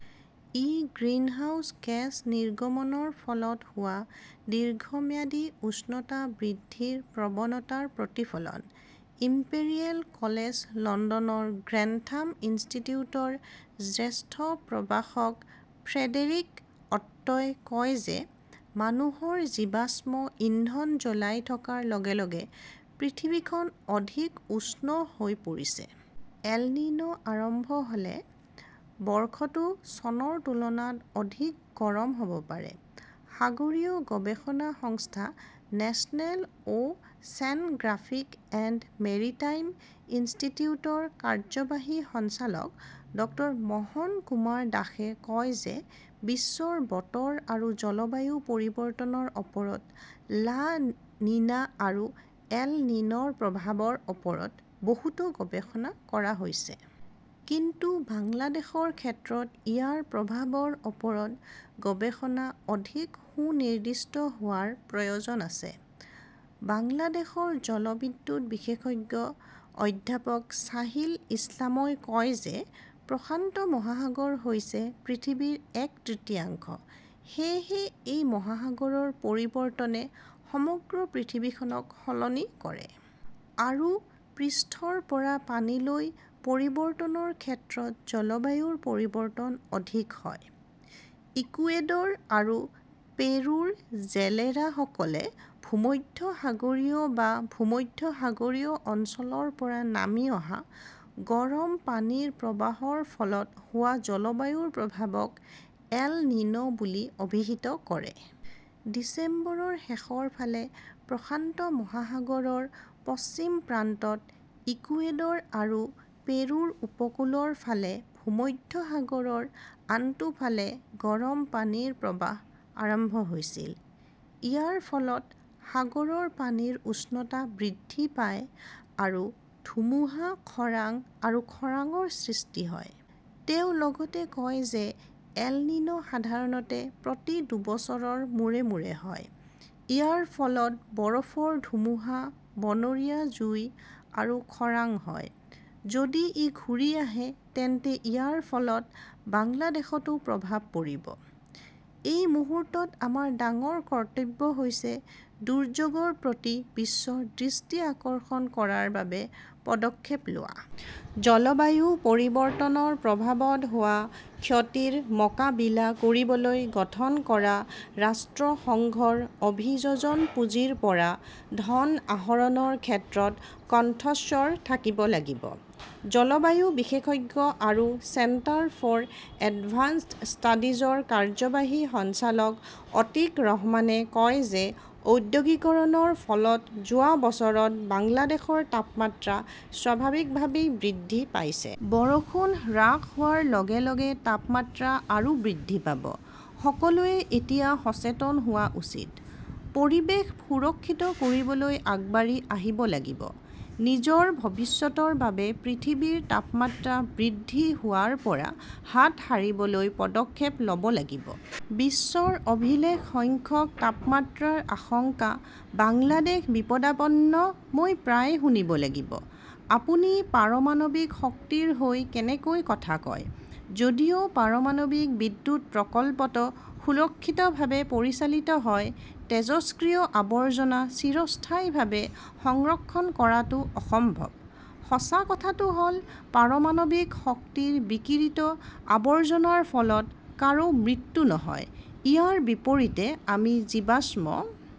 ই greenhouse gas নিৰ্গমনৰ ফলত হোৱা দীৰ্ঘম্যাদী উষ্ণতা বৃদ্ধিৰ প্ৰৱণতাৰ প্ৰতিফলন। ইম্পেৰিয়েল কলেজ লণ্ডনৰ গ্ৰেন্থাম ইনষ্টিটিউটৰ জ্যেষ্ঠ প্ৰভাষক ফ্ৰেডেৰিক অট্টোৱে কয় যে মানুহে জীৱাশ্ম ইন্ধন জ্বলাই থকাৰ লগে লগে পৃথিৱীখন অধিক উষ্ণ হৈ পৰিছে। এল নিনো আৰম্ভ হ "লে বৰ্ষটো চনৰ তুলনাত অধিক গৰম হ" ব পাৰে। সাগৰীয় গৱেষণা সংস্থা National "Oceanographic and Maritime ইনষ্টিটিউটৰ কাৰ্যবাহী সঞ্চালক ডাঃ মোহন কুমাৰ দাসে কয় যে বিশ্বৰ বতৰ আৰু জলবায়ু পৰিৱৰ্তনৰ ওপৰত লা নিনা আৰু এল নিনোৰ প্ৰভাৱৰ ওপৰত বহুতো গৱেষণা কৰা হৈছে। কিন্তু বাংলাদেশৰ ক্ষেত্ৰত ইয়াৰ প্ৰভাৱৰ ওপৰত গৱেষণা অধিক সুনিৰ্দিষ্ট হোৱাৰ প্ৰয়োজন আছে। বাংলাদেশৰ জলবিদ্যুৎ বিশেষজ্ঞ অধ্যাপক ছাহিল ইছলামই কয় যে প্ৰশান্ত মহাসাগৰ হৈছে পৃথিৱীৰ এক তৃতীয়াংশ। সেয়েহে এই মহাসাগৰৰ পৰিৱৰ্তনে সমগ্ৰ পৃথিৱীখনক সলনি কৰে। আৰু পৃষ্ঠৰ পৰা পানীলৈ পৰিৱৰ্তনৰ ক্ষেত্ৰত জলবায়ুৰ পৰিৱৰ্তন অধিক হয়। ইকুৱেডৰ আৰু পেৰুৰ জেলেৰাসকলে ভূমধ্যসাগৰীয় বা ভূমধ্যসাগৰীয় অঞ্চলৰ পৰা নামি অহা গৰম পানীৰ প্ৰবাহৰ ফলত হোৱা জলবায়ুৰ প্ৰভাৱক 'এল নিনো' বুলি অভিহিত কৰে। ডিচেম্বৰৰ শেষৰ ফালে প্ৰশান্ত মহাসাগৰৰ পশ্চিম প্ৰান্তত ইকুৱেডৰ আৰু পেৰুৰ উপকূলৰ ফালে ভূমধ্যসাগৰৰ আনটো ফালে গৰম পানীৰ প্ৰৱাহ আৰম্ভ হৈছিল। ইয়াৰ ফলত সাগৰৰ পানীৰ উষ্ণতা বৃদ্ধি পায় আৰু ধুমুহা, খৰাং আৰু খৰাংৰ সৃষ্টি হয়। তেওঁ লগতে কয় যে এল নিনো সাধাৰণতে প্ৰতি দুবছৰৰ মূৰে মূৰে হয়। ইয়াৰ ফলত বৰফৰ ধুমুহা, বনৰীয়া জুই আৰু খৰাং হয়। যদি ই ঘূৰি আহে তেন্তে ইয়াৰ ফলত বাংলাদেশতো প্ৰভাৱ পৰিব। এই মুহূৰ্তত আমাৰ ডাঙৰ কৰ্তব্য হৈছে দুৰ্যোগৰ প্ৰতি বিশ্বৰ দৃষ্টি আকৰ্ষণ কৰাৰ বাবে পদক্ষেপ লোৱা। জলবায়ু পৰিৱৰ্তনৰ প্ৰভাৱত হোৱা ক্ষতিৰ মোকাবিলা কৰিবলৈ গঠন কৰা ৰাষ্ট্ৰসংঘৰ অভিযোজন পুঁজিৰ পৰা ধন আহৰণৰ ক্ষেত্ৰত কণ্ঠস্বৰ থাকিব লাগিব। জলবায়ু বিশেষজ্ঞ আৰু চেণ্টাৰ ফৰ এডভান্সড ষ্টাডিজৰ কাৰ্যবাহী সঞ্চালক অতীক ৰহমানে কয় যে ঔদ্যোগিকৰণৰ ফলত যোৱা বছৰত বাংলাদেশৰ তাপমাত্ৰা স্বাভাৱিকভাৱেই বৃদ্ধি পাইছে। বৰষুণ হ্ৰাস হোৱাৰ লগে লগে তাপমাত্ৰা আৰু বৃদ্ধি পাব। সকলোৱে এতিয়া সচেতন হোৱা উচিত। পৰিৱেশ সুৰক্ষিত কৰিবলৈ আগবাঢ়ি আহিব লাগিব। নিজৰ ভৱিষ্যতৰ বাবে পৃথিৱীৰ তাপমাত্ৰা বৃদ্ধি হোৱাৰ পৰা হাত সাৰিবলৈ পদক্ষেপ ল "ব লাগিব। বিশ্বৰ অভিলেখ সংখ্যক তাপমাত্ৰাৰ আশংকা, বাংলাদেশ বিপদাপন্ন মই প্ৰায়ে শুনিব লাগিব, "আপুনি পাৰমাণৱিক শক্তিৰ হৈ কেনেকৈ কথা কয়? যদিও পাৰমাণৱিক বিদ্যুৎ প্ৰকল্পটো সুৰক্ষিতভাৱে পৰিচালিত হয়, তেজস্ক্ৰিয় আৱৰ্জনা চিৰস্থায়ীভাৱে সংৰক্ষণ কৰাটো অসম্ভৱ। "সঁচা কথাটো হ" ল, পাৰমাণৱিক শক্তিৰ বিকিৰিত আৱৰ্জনাৰ ফলত কাৰো মৃত্যু নহয়। ইয়াৰ বিপৰীতে আমি জীৱাশ্ম